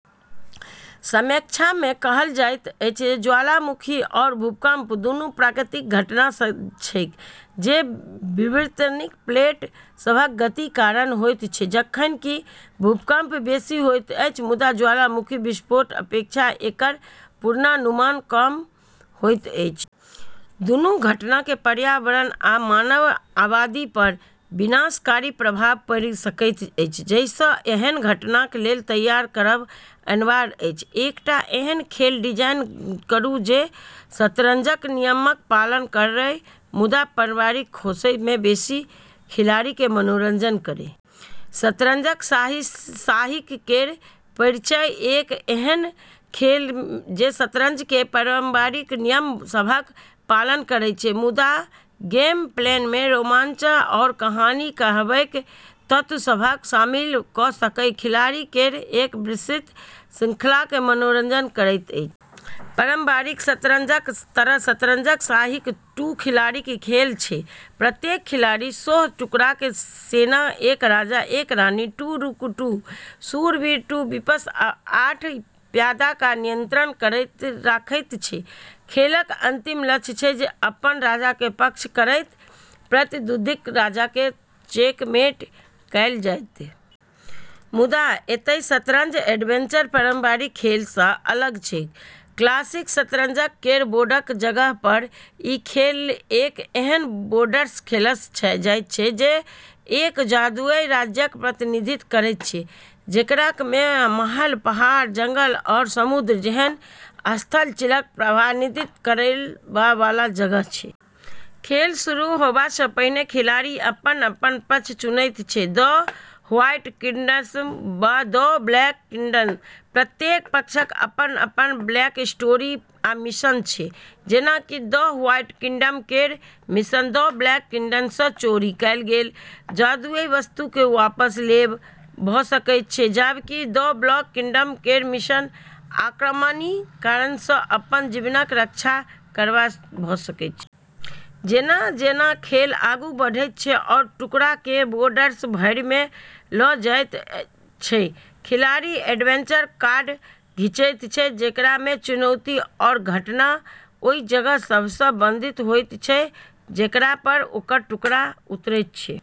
संक्षेपमे कहल जाय तऽ ज्वालामुखी आओर भूकंप दूनू प्राकृतिक घटना छेकै जे विवर्तनिक प्लेट सभक गतिक कारण होइत छै। जखन कि भूकंप बेसी होइत अछि मुदा ज्वालामुखी विस्फोटक अपेक्षा एकर पूर्वानुमान कम होइत अछि। दूनू घटनाक पर्यावरण आ मानव आबादीपर विनाशकारी प्रभाव पड़ि सकैत अछि जाहिसँ एहन घटनाक लेल तैयार रहब अनिवार्य अछि। एकटा एहन खेल डिजाइन करू जे शतरंजक नियमक पालन करए मुदा पारंपरिक खेलसँ बेसी खिलाड़ीकेँ मनोरंजन करए। शतरंज साहसिक केर परिचय एक एहन खेल जे शतरंज केर पारंपरिक नियम सभक पालन करैत छै मुदा गेमप्लेमे रोमांच आओर कहानी कहबैक तत्व सभकेँ शामिल कऽ कऽ खिलाड़ी केर एक विस्तृत श्रृंखलाकेँ मनोरंजन करैत छै। पारंपरिक शतरंजक तरह शतरंज साहसिक दू खिलाड़ीक खेल छै। प्रत्येक खिलाड़ी सोह्र टुकड़ाक सेना एक राजा एक रानी दू रूक दू शूरवीर दू बिशप आ आठ प्यादा पर नियंत्रण रखैत अछि। खेलक अंतिम लक्ष्य छै जे अपन राजाक रक्षा करैत प्रतिद्वंदीक राजाकेँ चेकमेट कएल जाय। मुदा एतय शतरंज एडवेंचर पारंपरिक खेलसँ अलग छै। क्लासिक शतरंज केर बोर्डक जगहपर ई खेल एक एहन बोर्डपर खेलल जाइत छै जे एक जादुई राज्यक प्रतिनिधित्व करैत छै जेकरामे महल पहाड़ जंगल आओर समुद्र जेहन स्थलचिह्नक प्रतिनिधित्व करैवाला जगह छै। खेल शुरू होबासँ पहिने खिलाड़ी अपन अपन पक्ष चुनैत छै द व्हाइट किंगडम वा द ब्लैक किंगडम। प्रत्येक पक्षक अपन अलग बैकस्टोरी आ मिशन छै। जेना कि द व्हाइट किंगडम केर मिशन द ब्लैक किंगडमसँ चोरी कएल गेल जादुई वस्तुकेँ वापस लेब भऽ सकैत छै जबकि द ब्लैक किंगडम केर मिशन आक्रमणकारीसँ अपन जमीनक रक्षा करब भऽ सकैत छै। जेना जेना खेल आगू बढ़ैत छै आओर टुकड़ाकेँ बोर्ड भरिमे लऽ जायल जाइत छै खिलाड़ी एडवेंचर कार्ड खींचैत छै जेकरामे चुनौती आओर घटना ओहि जगह सभसँ संबंधित होइत छै जेकरापर ओकर टुकड़ा उतरैत छै।